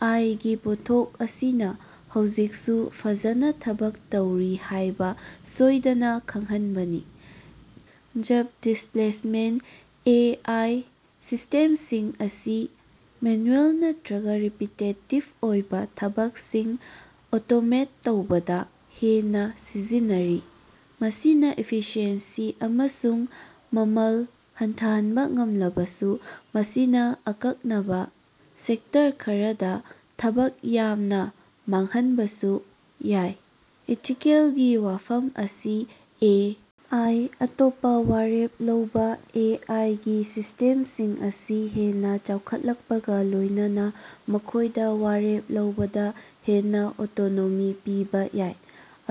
ꯑꯥꯏ. ꯒꯤ ꯄꯣꯠꯊꯣꯛ ꯑꯁꯤꯅ ꯍꯧꯖꯤꯛꯁꯨ ꯐꯖꯅꯥ ꯊꯕꯛ ꯇꯧꯔꯤ ꯍꯥꯏꯕ ꯁꯣꯏꯗꯅ ꯈꯪꯍꯟꯕꯅꯤ꯫ ꯖꯕ ꯗꯤꯁꯄꯂꯦꯁꯃꯦꯟꯇ: ꯑꯦ. ꯑꯥꯏ. ꯁꯤꯁ꯭ꯇꯦꯝꯁꯤꯡ ꯑꯁꯤ ꯃꯦꯅꯨꯑꯦꯜ ꯅꯠꯇꯔꯒ ꯔꯤꯄꯤꯇꯦꯇꯤꯕ ꯑꯣꯏꯕ ꯊꯕꯛꯁꯤꯡ ꯑꯣꯇꯣꯃꯦꯠ ꯇꯧꯕꯗ ꯍꯦꯟꯅ ꯁꯤꯖꯤꯟꯅꯔꯤ꯫ ꯃꯁꯤꯅ ꯏꯐꯤꯁꯤꯑꯦꯟꯁꯤ ꯑꯃꯁꯨꯡ ꯃꯃꯜ ꯍꯟꯊꯍꯟꯕ ꯉꯝꯂꯕꯁꯨ, ꯃꯁꯤꯅ ꯑꯀꯛꯅꯕꯥ ꯁꯦꯛꯇꯔ ꯈꯔꯗꯥ ꯊꯕꯛ ꯌꯥꯝꯅ ꯃꯥꯡꯍꯟꯕꯁꯨ ꯌꯥꯏ꯫ ꯏꯊꯤꯀꯦꯜꯒꯤ ꯋꯥꯐꯝ ꯑꯁꯤ ꯑꯦ. ꯑꯥꯏ. ꯑꯇꯣꯞꯄꯥ ꯋꯥꯔꯦꯞ ꯂꯧꯕ: ꯑꯦ. ꯑꯥꯏ. ꯒꯤ ꯁꯤꯁ꯭ꯇꯦꯝꯁꯤꯡ ꯑꯁꯤ ꯍꯦꯟꯅ ꯆꯥꯎꯈꯠꯂꯛꯄꯒꯥ ꯂꯣꯏꯅꯅꯥ ꯃꯈꯣꯏꯗꯥ ꯋꯥꯔꯦꯞ ꯂꯧꯕꯗꯥ ꯍꯦꯟꯅꯥ ꯑꯣꯇꯣꯅꯣꯃꯤ ꯄꯤꯕꯥ ꯌꯥꯏ꯫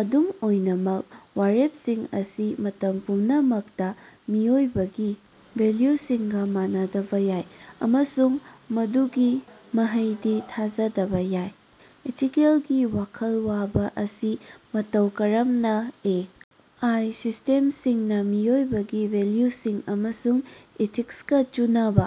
ꯑꯗꯨꯝ ꯑꯣꯏꯅꯃꯛ, ꯋꯥꯔꯦꯞꯁꯤꯡ ꯑꯁꯤ ꯃꯇꯝ ꯄꯨꯝꯅꯃꯛꯇꯥ ꯃꯤꯑꯣꯏꯕꯒꯤ ꯚꯦꯜꯌꯨꯁꯤꯡꯒꯥ ꯃꯥꯟꯅꯗꯕꯥ ꯌꯥꯏ, ꯑꯃꯁꯨꯡ ꯃꯗꯨꯒꯤ ꯃꯍꯩꯗꯤ ꯊꯥꯖꯗꯕ ꯌꯥꯏ꯫ ꯏꯊꯤꯀꯦꯜꯒꯤ ꯋꯥꯈꯜ ꯋꯥꯕ ꯑꯁꯤ ꯃꯇꯧ ꯀꯔꯝꯅꯥ ꯑꯦ. ꯑꯥꯏ. ꯁꯤꯁ꯭ꯇꯦꯝꯁꯤꯡꯅ ꯃꯤꯑꯣꯏꯕꯒꯤ ꯚꯦꯜꯌꯨꯁꯤꯡ ꯑꯃꯁꯨꯡ ꯏꯊꯤꯛꯁꯀꯥ ꯆꯨꯅꯕꯥ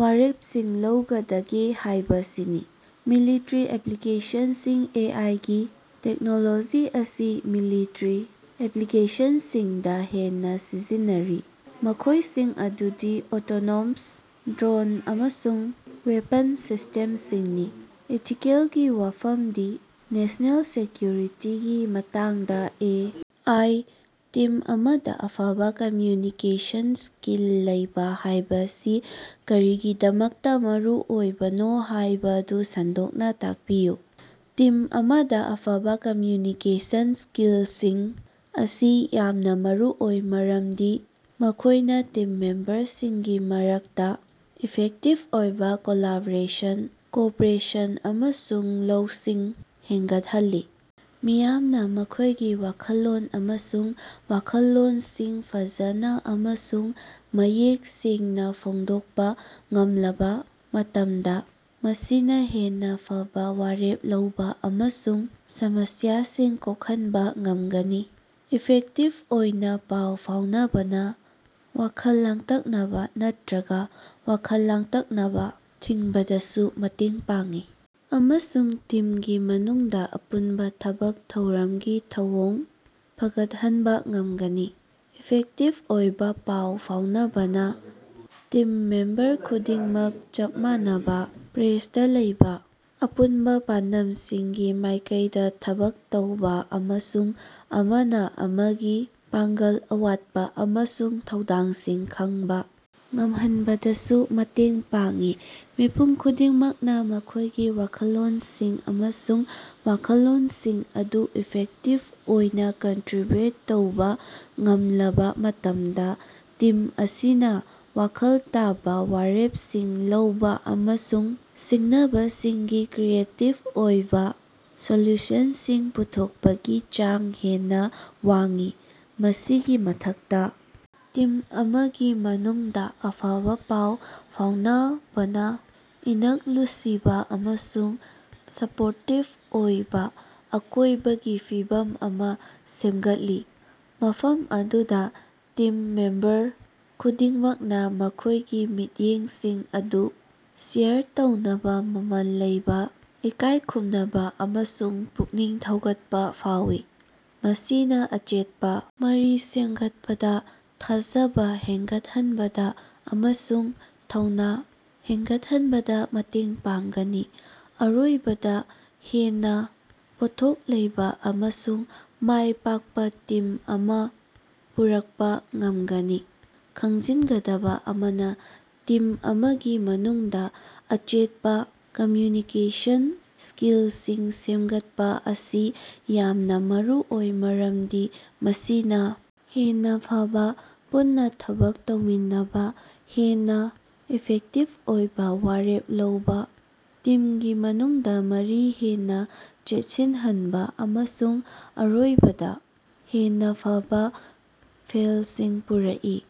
ꯋꯥꯔꯦꯞꯁꯤꯡ ꯂꯧꯒꯗꯒꯦ ꯍꯥꯏꯕꯁꯤꯅꯤ꯫ ꯃꯤꯂꯤꯇꯔꯤ ꯑꯦꯞꯂꯤꯀꯦꯁꯟꯁꯤꯡ: ꯑꯦ. ꯑꯥꯏ. ꯒꯤ ꯇꯦꯛꯅꯣꯂꯣꯖꯤ ꯑꯁꯤ ꯃꯤꯂꯤꯇꯔꯤ ꯑꯦꯞꯂꯤꯀꯦꯁꯟꯁꯤꯡꯗꯥ ꯍꯦꯟꯅꯥ ꯁꯤꯖꯤꯟꯅꯔꯤ, ꯃꯈꯣꯏꯁꯤꯡ ꯑꯗꯨꯗꯤ ꯑꯣꯇꯣꯅꯣꯃꯁ ꯗ꯭ꯔꯣꯟ ꯑꯃꯁꯨꯡ ꯋꯦꯄꯟ ꯁꯤꯁ꯭ꯇꯦꯝꯁꯤꯡꯅꯤ꯫ ꯏꯊꯤꯀꯦꯜꯒꯤ ꯋꯥꯐꯝꯗꯤ ꯅꯦꯁ꯭ꯅꯦꯜ ꯁꯦꯀꯌꯨꯔꯤꯇꯤꯒꯤ ꯃꯇꯥꯡꯗ ꯑꯦ. ꯑꯥꯏ꯫ ꯇꯤꯝ ꯑꯃꯗ ꯑꯐꯕ ꯀꯝꯃꯌꯨꯅꯤꯀꯦꯁꯟ ꯁ꯭ꯀꯤꯜ ꯂꯩꯕ ꯍꯥꯏꯕꯁꯤ ꯀꯔꯤꯒꯤꯗꯃꯛꯇꯥ ꯃꯔꯨꯑꯣꯏꯕꯅꯣ ꯍꯥꯏꯕꯗꯨ ꯁꯟꯗꯣꯛꯅ ꯇꯥꯛꯄꯤꯌꯨ꯫ ꯇꯤꯝ ꯑꯃꯗ ꯑꯐꯕꯥ ꯀꯝꯃꯌꯨꯅꯤꯀꯦꯁꯟ ꯁ꯭ꯀꯤꯜꯁꯤꯡ ꯑꯁꯤ ꯌꯥꯝꯅ ꯃꯔꯨꯑꯣꯏ ꯃꯔꯝꯗꯤ ꯃꯈꯣꯌꯏꯅꯥ ꯇꯤꯝ ꯃꯦꯝꯕꯔꯁꯤꯡꯒꯤ ꯃꯔꯛꯇꯥ ꯏꯐꯦꯛꯇꯤꯕ ꯑꯣꯏꯕ ꯀꯣꯂꯥꯕꯣꯔꯦꯁꯟ, ꯀꯣꯑꯣꯄꯔꯦꯁꯟ ꯑꯃꯁꯨꯡ ꯂꯧꯁꯤꯡ ꯍꯦꯒꯠꯍꯜꯂꯤ꯫ ꯃꯤꯌꯥꯝꯅ ꯃꯈꯣꯏꯒꯤ ꯋꯥꯈꯜꯂꯣꯟ ꯑꯃꯁꯨꯡ ꯋꯥꯈꯜꯂꯣꯟꯁꯤꯡ ꯐꯖꯅ ꯑꯃꯁꯨꯡ ꯃꯌꯦꯛ ꯁꯦꯡꯅꯥ ꯐꯣꯡꯗꯣꯛꯄꯥ ꯉꯝꯂꯕꯥ ꯃꯇꯝꯗꯥ ꯃꯁꯤꯅꯥ ꯍꯦꯟꯅꯥ ꯐꯕꯥ ꯋꯥꯔꯦꯞ ꯂꯧꯕ ꯑꯃꯁꯨꯡ ꯁꯃꯁꯤꯌꯥꯁꯤꯡ ꯀꯣꯛꯍꯟꯕꯥ ꯉꯝꯒꯅꯤ꯫ ꯏꯐꯦꯛꯇꯤꯕ ꯑꯣꯏꯅ ꯄꯥꯎ ꯐꯥꯎꯅꯕꯅꯥ ꯋꯥꯈꯜ ꯂꯥꯡꯇꯛꯅꯕꯥ ꯅꯠꯇꯔꯒ ꯋꯥꯈꯜ ꯂꯥꯡꯇꯛꯅꯕꯥ ꯊꯤꯡꯕꯗꯁꯨ ꯃꯇꯦꯡ ꯄꯥꯡꯏ, ꯑꯃꯁꯨꯡ ꯇꯤꯝꯒꯤ ꯃꯅꯨꯡꯗꯥ ꯑꯄꯨꯟꯕꯥ ꯊꯕꯛ ꯊꯧꯔꯝꯒꯤ ꯊꯧꯑꯣꯡ ꯐꯒꯠꯍꯟꯕꯥ ꯉꯝꯒꯅꯤ꯫ ꯏꯐꯦꯛꯇꯤꯕ ꯑꯣꯏꯕ ꯄꯥꯎ ꯐꯥꯎꯅꯕꯅ ꯇꯤꯝ ꯃꯦꯝꯕꯔ ꯈꯨꯗꯤꯡꯃꯛ ꯆꯞ ꯃꯥꯟꯅꯕ ꯄꯦꯖꯗꯥ ꯂꯩꯕ, ꯑꯄꯨꯟꯕꯥ ꯄꯥꯟꯗꯝꯁꯤꯡꯒꯤ ꯃꯥꯏꯀꯩꯗꯥ ꯊꯕꯛ ꯇꯧꯕꯥ, ꯑꯃꯁꯨꯡ ꯑꯃꯅ ꯑꯃꯒꯤ ꯄꯥꯡꯒꯜ, ꯑꯋꯥꯠꯄ ꯑꯃꯁꯨꯡ ꯊꯧꯗꯥꯡꯁꯤꯡ ꯈꯪꯕꯥ ꯉꯝꯍꯟꯕꯗꯁꯨ ꯃꯇꯦꯡ ꯄꯥꯡꯏ꯫ ꯃꯤꯄꯨꯝ ꯈꯨꯗꯤꯡꯃꯛꯅꯥ ꯃꯈꯣꯏꯒꯤ ꯋꯥꯈꯜꯂꯣꯟꯁꯤꯡ ꯑꯃꯁꯨꯡ ꯋꯥꯈꯜꯂꯣꯟꯁꯤꯡ ꯑꯗꯨ ꯏꯐꯦꯛꯇꯤꯕ ꯑꯣꯏꯅ ꯀꯟꯇꯔꯤꯕ꯭ꯌꯨꯠ ꯇꯧꯕ ꯉꯝꯂꯕꯥ ꯃꯇꯝꯗ, ꯇꯤꯝ ꯑꯁꯤꯅ ꯋꯥꯈꯜ ꯇꯥꯕ ꯋꯥꯔꯦꯞꯁꯤꯡ ꯂꯧꯕ ꯑꯃꯁꯨꯡ ꯁꯤꯡꯅꯕꯁꯤꯡꯒꯤ ꯀ꯭ꯔꯤꯌꯦꯇꯤꯕ ꯑꯣꯏꯕ ꯁꯣꯂꯨꯁꯟꯁꯤꯡ ꯄꯨꯊꯣꯛꯄꯒꯤ ꯆꯥꯡ ꯍꯦꯟꯅꯥ ꯋꯥꯡꯏ꯫ ꯃꯁꯤꯒꯤ ꯃꯊꯛꯇꯥ, ꯇꯤꯝ ꯑꯃꯒꯤ ꯃꯅꯨꯡꯗꯥ ꯑꯐꯕꯥ ꯄꯥꯎ ꯐꯥꯎꯅꯕꯅ ꯏꯅꯛꯂꯨꯁꯤꯕ ꯑꯃꯁꯨꯡ ꯁꯄꯣꯔꯇꯤꯕ ꯑꯣꯏꯕ ꯑꯀꯣꯏꯕꯒꯤ ꯐꯤꯕꯝ ꯑꯃ ꯁꯦꯝꯒꯠꯂꯤ, ꯃꯐꯝ ꯑꯗꯨꯗ ꯇꯤꯝ ꯃꯦꯝꯕꯔ ꯈꯨꯗꯤꯡꯃꯛꯅꯥ ꯃꯈꯣꯏꯒꯤ ꯃꯤꯠꯌꯦꯡꯁꯤꯡ ꯑꯗꯨ ꯁꯦꯌꯔ ꯇꯧꯅꯕ ꯃꯃꯜ ꯂꯩꯕ, ꯏꯀꯥꯏꯈꯨꯝꯅꯕ ꯑꯃꯁꯨꯡ ꯄꯨꯛꯅꯤꯡ ꯊꯧꯒꯠꯄꯥ ꯐꯥꯎꯏ꯫ ꯃꯁꯤꯅ ꯑꯆꯦꯠꯄꯥ ꯃꯔꯤ ꯁꯦꯝꯒꯠꯄꯗꯥ, ꯊꯥꯖꯕ ꯍꯦꯒꯠꯍꯟꯕꯗ ꯑꯃꯁꯨꯡ ꯊꯧꯅ ꯍꯦꯒꯠꯍꯟꯕꯗ ꯃꯇꯦꯡ ꯄꯥꯡꯒꯅꯤ, ꯑꯔꯣꯏꯕꯗꯥ ꯍꯦꯟꯅꯥ ꯄꯣꯠꯊꯣꯛ ꯂꯩꯕ ꯑꯃꯁꯨꯡ ꯃꯥꯏꯄꯥꯛꯄ ꯇꯤꯝ ꯑꯃ ꯄꯨꯔꯛꯄꯥ ꯉꯝꯒꯅꯤ꯫ ꯈꯪꯖꯤꯟꯒꯗꯕ ꯑꯃꯅ, ꯇꯤꯝ ꯑꯃꯒꯤ ꯃꯅꯨꯡꯗ ꯑꯆꯦꯠꯄꯥ ꯀꯝꯃꯌꯨꯅꯤꯀꯦꯁꯟ ꯁ꯭ꯀꯤꯜꯁꯤꯡ ꯁꯦꯝꯒꯠꯄꯥ ꯑꯁꯤ ꯌꯥꯝꯅ ꯃꯔꯨꯑꯣꯏ, ꯃꯔꯝꯗꯤ ꯃꯁꯤꯅ ꯍꯦꯟꯅꯥ ꯐꯕꯥ ꯄꯨꯟꯅꯥ ꯊꯕꯛ ꯇꯧꯃꯤꯟꯅꯕꯥ, ꯍꯦꯟꯅꯥ ꯏꯐꯦꯛꯇꯤꯕ ꯑꯣꯏꯕ ꯋꯥꯔꯦꯞ ꯂꯧꯕ, ꯇꯤꯝꯒꯤ ꯃꯅꯨꯡꯗꯥ ꯃꯔꯤ ꯍꯦꯟꯅꯥ ꯆꯦꯠꯁꯤꯟꯍꯟꯕ ꯑꯃꯁꯨꯡ ꯑꯔꯣꯏꯕꯗ ꯍꯦꯟꯅ ꯐꯕꯥ ꯐꯦꯜꯁꯤꯡ ꯄꯨꯔꯛꯏ꯫